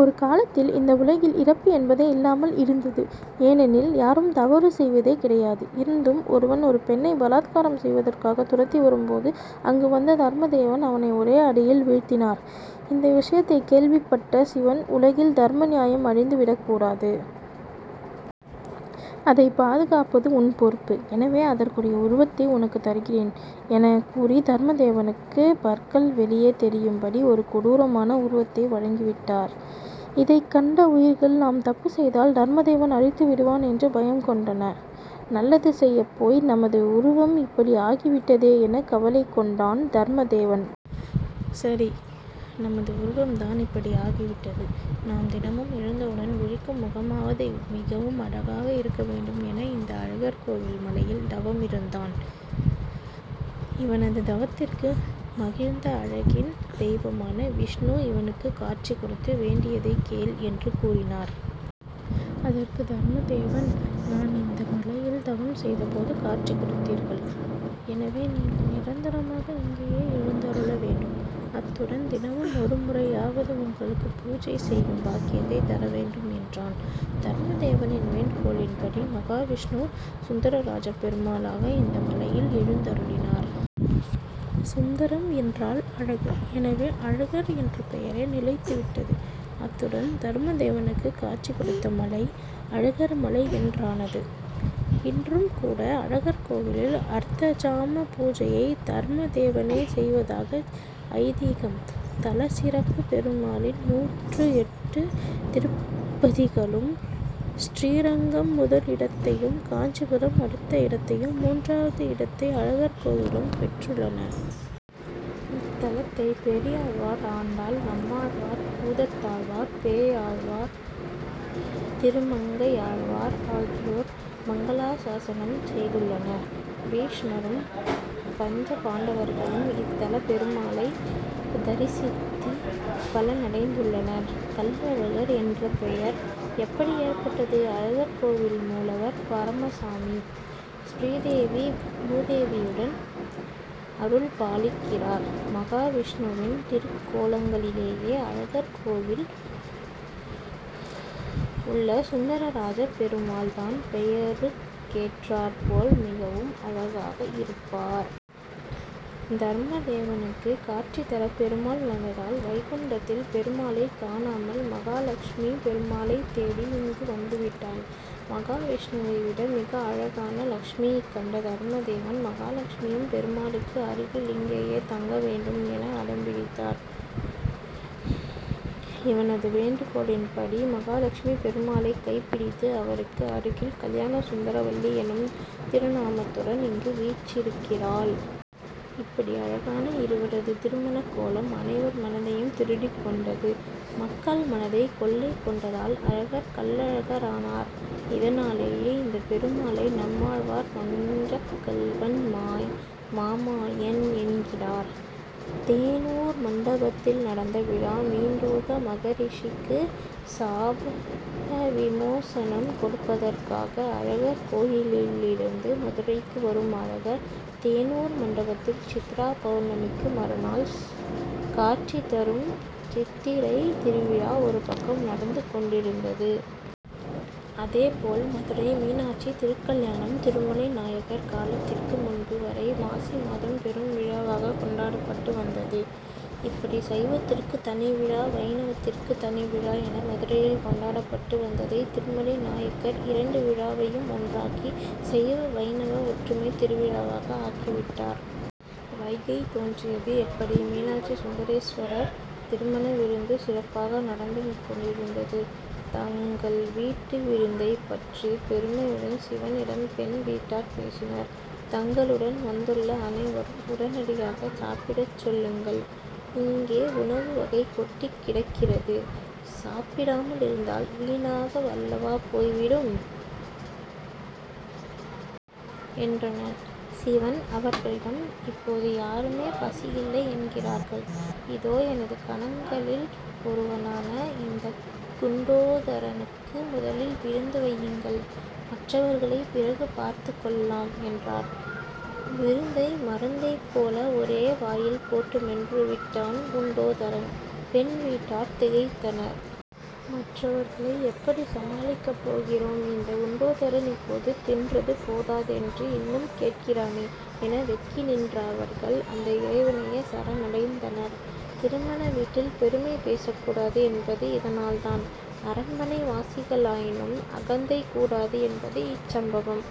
ஒரு காலத்தில் இந்த உலகில் இறப்பு என்பதே இல்லாமல் இருந்தது. ஏனெனில் யாரும் தவறு செய்வதே கிடையாது. இருந்தும் ஒருவன் ஒரு பெண்ணை பலாத்காரம் செய்வதற்காக துரத்தி வரும் போது அங்கு வந்த தர்மதேவன் அவனை ஒரே அடியில் வீழ்த்தினார். இந்த விஷயத்தை கேள்விப் பட்ட சிவன் உலகில் தர்ம நியாயம் அழிந்து விடக்கூடாது. அதை பாதுகாப்பது உன் பொறுப்பு. எனவே அதற்குரிய உருவத்தை உனக்கு தருகிறேன் என கூறி தர்மதேவனுக்கு பற்கள் வெளியே தெரியும் படி ஒரு கொடூரமான உருவத்தை வழங்கி விட்டார். இதைக்கண்ட உயிர்கள் நாம் தப்பு செய்தால் தர்மதேவன் அழித்து விடுவான் என்று பயம் கொண்டன. நல்லது செய்யப்போய் நமது உருவம் இப்படி ஆகி விட்டதே என கவலை கொண்டான் தர்மதேவன். சரி! நமது உருவம் தான் இப்படி ஆகி விட்டது. நாம் தினமும் எழுந்தவுடன் விழிக்கும் முகமாகவது மிகவும் அழகாக இருக்க வேண்டும் என இந்த அழகர்கோவில் மலையில் தவம் இருந்தான். இவனது தவத்திற்கு மகிழ்ந்த அழகின் தெய்வமான விஷ்ணு இவனுக்கு காட்சி கொடுத்து வேண்டியதை கேள் என்று கூறினார். அதற்கு தர்மதேவன் நான் இந்த மலையில் தவம் செய்த போது காட்சி கொடுத்தீர்கள். எனவே நீங்கள் நிரந்தரமாக இங்கேயே எழுந்தருளவேண்டும். அத்துடன் தினமும் ஒரு முறையாவது உங்களுக்கு பூஜை செய்யும் பாக்கியத்தை தரவேண்டும் என்றான். தர்மதேவனின் வேண்டுகோளின் படி மகாவிஷ்ணு சுந்தரராஜப்பெருமாளாக இந்த மலையில் எழுந்தருளினார். சுந்தரம் என்றால் அழகு. எனவே அழகர் என்ற பெயரே நிலைத்து விட்டது. அத்துடன் தர்மதேவனுக்கு காட்சி கொடுத்த மலை அழகர் மலை என்றானது. இன்றும் கூட அழகர்கோவிலில் அர்த்தஜாம பூஜையை தர்மதேவனே செய்வதாக ஐதீகம். தல சிறப்பு பெருமாளின் நூற்று எட்டு திருப்பதிகளுள் ஸ்ரீரங்கம் முதலிடத்தையும் காஞ்சிபுரம் அடுத்த இடத்தையும் மூன்றாவது இடத்தை அழகர்கோவிலும் பெற்றுள்ளன. இத்தலத்தை பெரியாழ்வார் ஆண்டாள் நம்மாழ்வார் பூதத்தாழ்வார் பேயாழ் வார் திருமங்கையாழ்வார் ஆகியோர் மங்களாசாசனம் செய்துள்ளனர். பீஷ்மரும் பஞ்சபாண்டவர்களும் இத்தல பெருமாளை தரிசித்து பலனடைந்துள்ளனர். கள்ளழகர் என்ற பெயர் எப்படி ஏற்பட்டது அழகர்கோவில் மூலவர் பரமசாமி. ஸ்ரீதேவி பூதேவியுடன் அருள்பாலிக்கிறார். மகாவிஷ்ணுவின் திருக்கோலங்களிலேயேஅழகர்கோவிலில் உள்ள சுந்தரராஜப்பெருமாள் தான் பெயருக் கேற்றாற் போல் மிகவும் அழகாக இருப்பார். தர்மதேவனுக்கு காட்சி தர பெருமாள் வந்ததால் வைகுண்டத்தில் பெருமாளை காணாமல் மகாலட்சுமி பெருமாளைத்தேடி இங்கு வந்துவிட்டாள். மகாவிஷ்ணுவை விட மிக அழகான லட்சுமியைக்கண்ட தர்மதேவன் மகாலட்சுமியும் பெருமாளுக்கு அருகில் இங்கேயே தங்க வேண்டும் என அடம் பிடித்தார். இவனது வேண்டுகோளின் படி மகாலட்சுமி பெருமாளை கைப்பிடித்து அவருக்கு அருகில் கல்யாண சுந்தரவல்லி எனும் திருநாமத்துடன் இங்கு வீற்றிருக்கிறாள். இப்படி அழகான இருவரது திருமணக்கோலம் அனைவர் மனதையும் திருடிக்கொண்டது. மக்கள் மனதை கொள்ளை கொண்டதால் அழகர் கள்ளழகர் ஆனார். இதனாலேயே இந்த பெருமாளை நம்மாழ்வார் வஞ்சக்கள்வன் மாமாயன் என்கிறார். தேனூர் மண்டபத்தில் நடந்த விழா மண்டூக மகரிஷிக்கு சாப விமோசனம் கொடுப்பதற்காக அழகர் கோயிலிலிருந்து மதுரைக்கு வரும் அழகர் தேனூர் மண்டபத்தில் சித்ரா பவுர்ணமிக்கு மறுநாள் காட்சி தரும் சித்திரை திருவிழா ஒருபக்கம் நடந்து கொண்டிருந்தது. அதே போல் மதுரை மீனாட்சி திருக்கல்யாணம் திருமலை நாயக்கர் காலத்திற்கு முன்பு வரை மாசிமாதம் பெரும் விழாவாக கொண்டாடப்பட்டு வந்தது. இப்படி சைவத்திற்கு தனிவிழா வைணவத்திற்கு தனி விழா என மதுரையில் கொண்டாடப்பட்டு வந்ததை திருமலை நாயக்கர் இரண்டு விழாவையும் ஒன்றாக்கி சைவ வைணவ ஒற்றுமை திருவிழாவாக ஆக்கி விட்டார். வைகை தோன்றியது எப்படி மீனாட்சி சுந்தரேஸ்வரர் திருமண விருந்து சிறப்பாக நடந்து கொண்டிருந்தது. தங்கள் வீட்டு விருந்தைப் பற்றி பெருமையுடன் சிவனிடம் பெண் வீட்டார் பேசினர். தங்களுடன் வந்துள்ள அனைவரும் உடனடியாக சாப்பிடச்சொல்லுங்கள். இங்கே உணவுவகை கொட்டிக் கிடக்கிறது. சாப்பிடாமல் இருந்தால் வீணாக அல்லவா போய் விடும்? என்றனர். சிவன் அவர்களிடம் இப்போது யாருமே பசியில்லை என்கிறார்கள். இதோ எனது கணங்களில் ஒருவனான இந்த குண்டோதரனுக்கு முதலில் விருந்து வையுங்கள். மற்றவர்களை பிறகு பார்த்துக் கொள்ளலாம் என்றார். விருந்தை மருந்தைப் போல ஒரே வாயில் போட்டு மென்று விட்டான் குண்டோதரன். பெண் வீட்டார் திகைத்தனர். மற்றவர்களை எப்படி சமாளிக்கப் போகிறோம். இந்த குண்டோதரன் இப்போது தின்றது போதாதென்று இன்னும் கேட்கிறானே என வெட்கி நின்ற அவர்கள் அந்த இறைவனையே சரணடைந்தனர். திருமண வீட்டில் பெருமை பேசக்கூடாது என்பது இதனால் தான். அரண்மனைவாசிகளாயினும் அகந்தை கூடாது என்பது இச்சம்பவம்